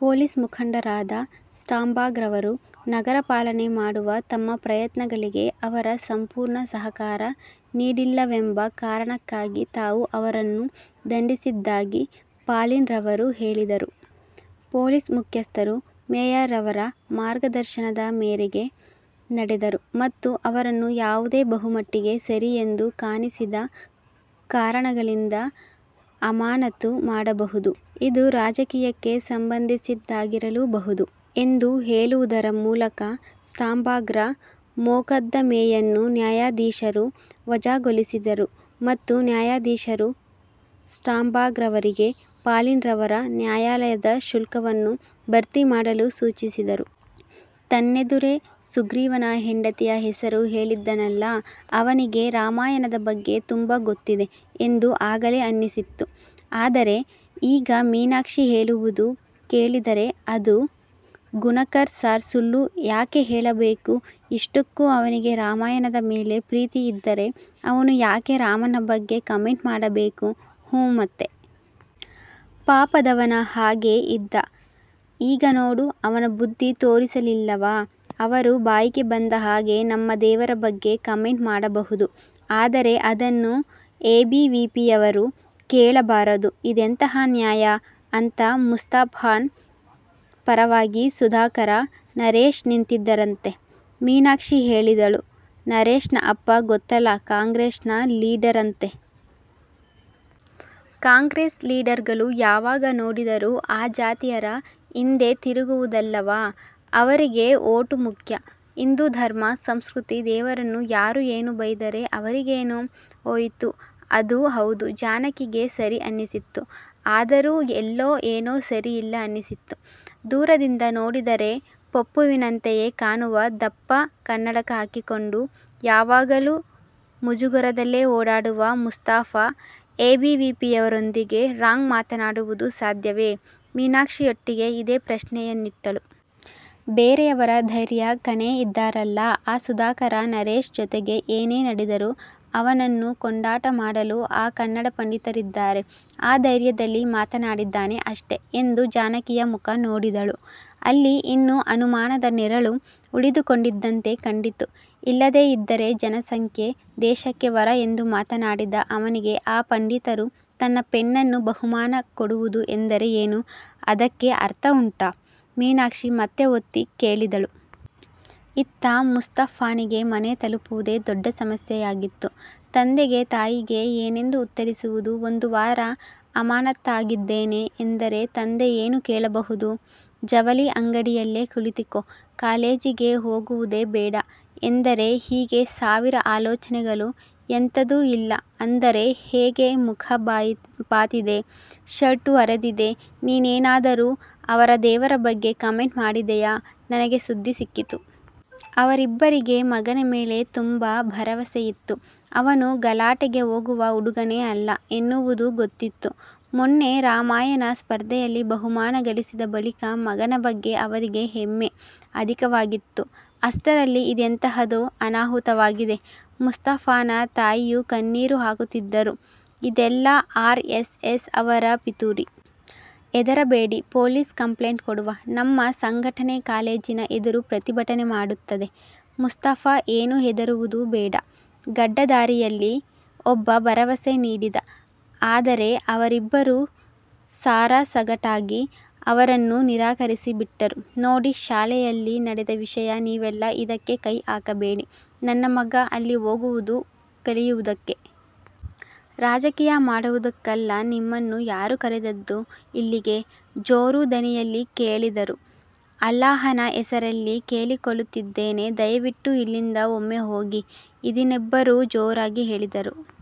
Police ಮುಖಂಡರಾದ ಸ್ಟಾಂಬಾಗ್ರವರು, ನಗರ ಪಾಲನೆ ಮಾಡುವ ತಮ್ಮ ಪ್ರಯತ್ನಗಳಿಗೆ ಅವರ ಸಂಪೂರ್ಣ ಸಹಕಾರ ನೀಡಿಲ್ಲವೆಂಬ ಕಾರಣಕ್ಕಾಗಿ ತಾವು ಅವರನ್ನು ದಂಡಿಸಿದ್ದಾಗಿ ಪಾಲಿನ್ರವರು ಹೇಳಿದರು. ಪೋಲಿಸ್ ಮುಖ್ಯಸ್ಥರು ಮೇಯರ್ರವರ ಮಾರ್ಗದರ್ಶನದ ಮೇರೆಗೆ ನಡೆದರು ಮತ್ತು ಅವರನ್ನು ಯಾವುದೇ ಬಹುಮಟ್ಟಿಗೆ ಸರಿಯೆಂದು ಕಾಣಿಸಿದ ಕಾರಣಗಳಿಂದ ಅಮಾನತು ಮಾಡಬಹುದು, ಇದು ರಾಜಕೀಯಕ್ಕೆ ಸಂಬಂದಿಸಿದ್ದಾಗಿರಲೂಬಹುದು, ಎಂದು ಹೇಳುವುದರ ಮೂಲಕ ಸ್ಟಾಂಬಾಗ್ರ ಮೊಕದ್ದಮೆಯನ್ನು ನ್ಯಾಯಾಧೀಶರು ವಜಾಗೊಳಿಸಿದರು ಮತ್ತು ನ್ಯಾಯಾಧೀಶರು ಸ್ಟಾಂಬಾಗ್ರವರಿಗೆ ಪಾಲಿನ್ರವರ ನ್ಯಾಯಾಲಯದ ಶುಲ್ಕವನ್ನು ಭರ್ತಿಮಾಡಲು ಸೂಚಿಸಿದರು. ತನ್ನೆದುರೇ ಸುಗ್ರೀವನ ಹೆಂಡತಿಯ ಹೆಸರು ಹೇಳಿದ್ದನಲ್ಲ ಅವನಿಗೆ ರಾಮಾಯಣದ ಬಗ್ಗೆ ತುಂಬಾ ಗೊತ್ತಿದೆ ಎಂದು ಆಗಲೇ ಅನ್ನಿಸಿತ್ತು. ಆದರೆ ಈಗ ಮೀನಾಕ್ಷಿ ಹೇಳುವುದು ಕೇಳಿದರೆ ಅದೂ ಗುಣಕರ್ ಸಾರ್ ಸುಳ್ಳು ಯಾಕೆ ಹೇಳಬೇಕು ಇಷ್ಟಕ್ಕೂ ಅವನಿಗೆ ರಾಮಾಯಣದ ಮೇಲೆ ಪ್ರೀತಿ ಇದ್ದರೆ, ಅವನು ಯಾಕೆ ರಾಮನ ಬಗ್ಗೆ ಕಮೆಂಟ್ ಮಾಡಬೇಕು ಹೂಂ ಮತ್ತೆ. ಪಾಪದವನ ಹಾಗೆ ಇದ್ದ. ಈಗ ನೋಡು, ಅವನ ಬುದ್ಧ್ದಿ ತೋರಿಸಲಿಲ್ಲವಾ ಅವರು ಬಾಯಿಗೆ ಬಂದ ಹಾಗೆ ನಮ್ಮ ದೇವರ ಬಗ್ಗೆ ಕಮೆಂಟ್ ಮಾಡಬಹುದು. ಆದರೆ ಅದನ್ನು ಎಬಿವಿಪಿಯವರು ಕೇಳಬಾರದು ಇದೆಂತಹ ನ್ಯಾಯಾ ಅಂತ ಮುಸ್ತಫಾನ ಪರವಾಗಿ ಸುಧಾಕರ, ನರೇಶ್ ನಿಂತಿದ್ದರಂತೆ' ಮೀನಾಕ್ಷಿ ಹೇಳಿದಳು. ನರೇಶ್ನ ಅಪ್ಪ ಗೊತ್ತಲ್ಲ ಕಾಂಗ್ರೆಸ್ನ ಲೀಡರ್ ಅಂತೆ. ಕಾಂಗ್ರೆಸ್ ಲೀಡರ್ಗಳು ಯಾವಾಗ ನೋಡಿದರೂ ಆ ಜಾತಿಯರ ಹಿಂದೆ ತಿರುಗುವುದಲ್ಲವಾ ಅವರಿಗೆ ಓಟು ಮುಖ್ಯ. ಹಿಂದೂ ಧರ್ಮ, ಸಂಸ್ಕೃತಿ, ದೇವರನ್ನು ಯಾರು ಏನು ಬೈದರೆ ಅವರಿಗೇನು ಹೋಯಿತು ಅದೂ ಹೌದು ಜಾನಕಿಗೆ ಸರಿ ಅನ್ನಿಸಿತು. ಆದರೂ ಎಲ್ಲೋ ಏನೋ ಸರಿ ಇಲ್ಲ ಅನ್ನಿಸಿತು. ದೂರದಿಂದ ನೋಡಿದರೆ ಪಪ್ಪುವಿನಂತೆಯೇ ಕಾಣುವ, ದಪ್ಪ ಕನ್ನಡಕ ಹಾಕಿಕೊಂಡು, ಯಾವಾಗಲೂ ಮುಜುಗರದಲ್ಲೇ ಓಡಾಡುವ ಮುಸ್ತಫಾ ಎಬಿವಿಪಿಯವರೊಂದಿಗೆ ರಾಂಗ್ ಮಾತನಾಡುವುದು ಸಾಧ್ಯವೇ ಮೀನಾಕ್ಷಿಯೊಟ್ಟಿಗೆ ಇದೇ ಪ್ರಶ್ನೆಯನ್ನಿಟ್ಟಳು. ''ಬೇರೆಯವರ ಧೈರ್ಯ ಕಣೇ ಇದ್ದಾರಲ್ಲ ಆ ಸುಧಾಕರ, ನರೇಶ್ ಜೊತೆಗೆ ಏನೇ ನಡೆದರೂ ಅವನನ್ನು ಕೊಂಡಾಟ ಮಾಡಲು ಆ ಕನ್ನಡ ಪಂಡಿತರಿದ್ದಾರೆ. ಆ ಧೈರ್ಯದಲ್ಲಿ ಮಾತನಾಡಿದ್ದಾನೆ ಅಷ್ಟೇ'' ಎಂದು ಜಾನಕಿಯ ಮುಖ ನೋಡಿದಳು. ಅಲ್ಲಿ ಇನ್ನೂ ಅನುಮಾನದ ನೆರಳು ಉಳಿದುಕೊಂಡಿದ್ದಂತೆ ಕಂಡಿತು ''ಇಲ್ಲದೇ ಇದ್ದರೆ ಜನಸಂಖ್ಯೆ ದೇಶಕ್ಕೆ ವರ ಎಂದು ಮಾತನಾಡಿದ ಅವನಿಗೆ ಆ ಪಂಡಿತರು ತನ್ನ ಪೆನ್ನನ್ನು ಬಹುಮಾನ ಕೊಡುವುದು ಎಂದರೆ ಏನು ಅದಕ್ಕೆ ಅರ್ಥ ಉಂಟಾ '' ಮೀನಾಕ್ಷಿ ಮತ್ತೆ ಒತ್ತಿ ಕೇಳಿದಳು. ಇತ್ತ ಮುಸ್ತಫಾನಿಗೆ ಮನೆ ತಲುಪುವುದೇ ದೊಡ್ಡ ಸಮಸ್ಯೆಯಾಗಿತ್ತು. ತಂದೆಗೆ, ತಾಯಿಗೆ ಏನೆಂದು ಉತ್ತರಿಸುವುದು ಒಂದು ವಾರ ಅಮಾನತಾಗಿದ್ದೇನೆ ಎಂದರೆ ತಂದೆ ಏನು ಹೇಳಬಹುದು ಜವಳಿ ಅಂಗಡಿ ಯಲ್ಲೇ ಕುಳಿತುಕೋ ಕಾಲೇಜಿಗೆ ಹೋಗುವುದೇ ಬೇಡ ಎಂದರೆ ಹೀಗೆ ಸಾವಿರ ಆಲೋಚನೆಗಳು ಎಂತದು ಇಲ್ಲ ಅಂದರೆ ಹೇಗೆ ಮುಖ ಬಾತಿದೆ, ಶರ್ಟು ಹರಿದಿದೆ ನೀನೇನಾದರೂ ಅವರ ದೇವರ ಬಗ್ಗೆ ಕಮೆಂಟ್ ಮಾಡಿದೆಯಾ ನನಗೆ ಸುದ್ದಿ ಸಿಕ್ಕಿತು. ಅವರಿಬ್ಬರಿಗೆ ಮಗನ ಮೇಲೆ ತುಂಬಾ ಭರವಸೆಯಿತ್ತು. ಅವನು ಗಲಾಟೆಗೆ ಹೋಗುವ ಹುಡುಗನೇ ಅಲ್ಲ ಎನ್ನುವುದೂ ಗೊತ್ತಿತ್ತು. ಮೊನ್ನೆ ರಾಮಾಯಣ ಸ್ಪರ್ಧೆಯಲ್ಲಿ ಬಹುಮಾನ ಗಳಿಸಿದ ಬಳಿಕ ಮಗನ ಬಗ್ಗೆ ಅವರಿಗೆ ಹೆಮ್ಮೆ ಅಧಿಕವಾಗಿತ್ತು. ಅಷ್ಟರಲ್ಲಿ ಇದೆಂತಹದೋ ಅನಾಹುತವಾಗಿದೆ. ಮುಸ್ತಫಾನ ತಾಯಿಯೂ ಕಣ್ಣೀರು ಹಾಕುತ್ತಿದ್ದರು. ''ಇದೆಲ್ಲ ಆರ್ ಎಸ್ ಎಸ್ ಅವರ ಪಿತೂರಿ. ಹೆದರಬೇಡ ಪೊಲೀಸ್ ಕಂಪ್ಲೇಂಟ್ ಕೊಡುವ. ನಮ್ಮ ಸಂಘಟನೆ ಕಾಲೇಜಿನ ಎದುರು ಪ್ರತಿಭಟನೆ ಮಾಡುತ್ತದೆ. ಮುಸ್ತಫಾ ಏನು ಹೆದರುವುದು ಬೇಡ'' ಗಡ್ಡಧಾರಿಯಲ್ಲಿ ಒಬ್ಬ ಭರವಸೆ ನೀಡಿದ. ಆದರೆ ಅವರಿಬ್ಬರು ಸಾರಾಸಗಟಾಗಿ ಅವರನ್ನು ನಿರಾಕರಿಸಿ ಬಿಟ್ಟರು ''ನೋಡಿ ಶಾಲೆಯಲ್ಲಿ ನಡೆದ ವಿಷಯ ನೀವೆಲ್ಲ ಇದಕ್ಕೆ ಕೈ ಹಾಕಬೇಡಿ. ನನ್ನ ಮಗ ಅಲ್ಲಿ ಹೋಗುವುದು ಕಲಿಯುವುದಕ್ಕೆ. ರಾಜಕೀಯ ಮಾಡುವುದಕ್ಕಲ್ಲ ನಿಮ್ಮನ್ನು ಯಾರು ಕರೆದದ್ದು ಇಲ್ಲಿಗೆ'' ಜೋರು ದನಿಯಲ್ಲಿ ಕೇಳಿದರು. ''ಅಲ್ಲಾಹನ ಹೆಸರಲ್ಲಿ ಕೇಳಿಕೊಳ್ಳುತ್ತಿದ್ದೇನೆ ದಯವಿಟ್ಟು ಇಲ್ಲಿಂದ ಒಮ್ಮೆ ಹೋಗಿ'' ಇದಿನಬ್ಬರು ಜೋರಾಗಿ ಹೇಳಿದರು.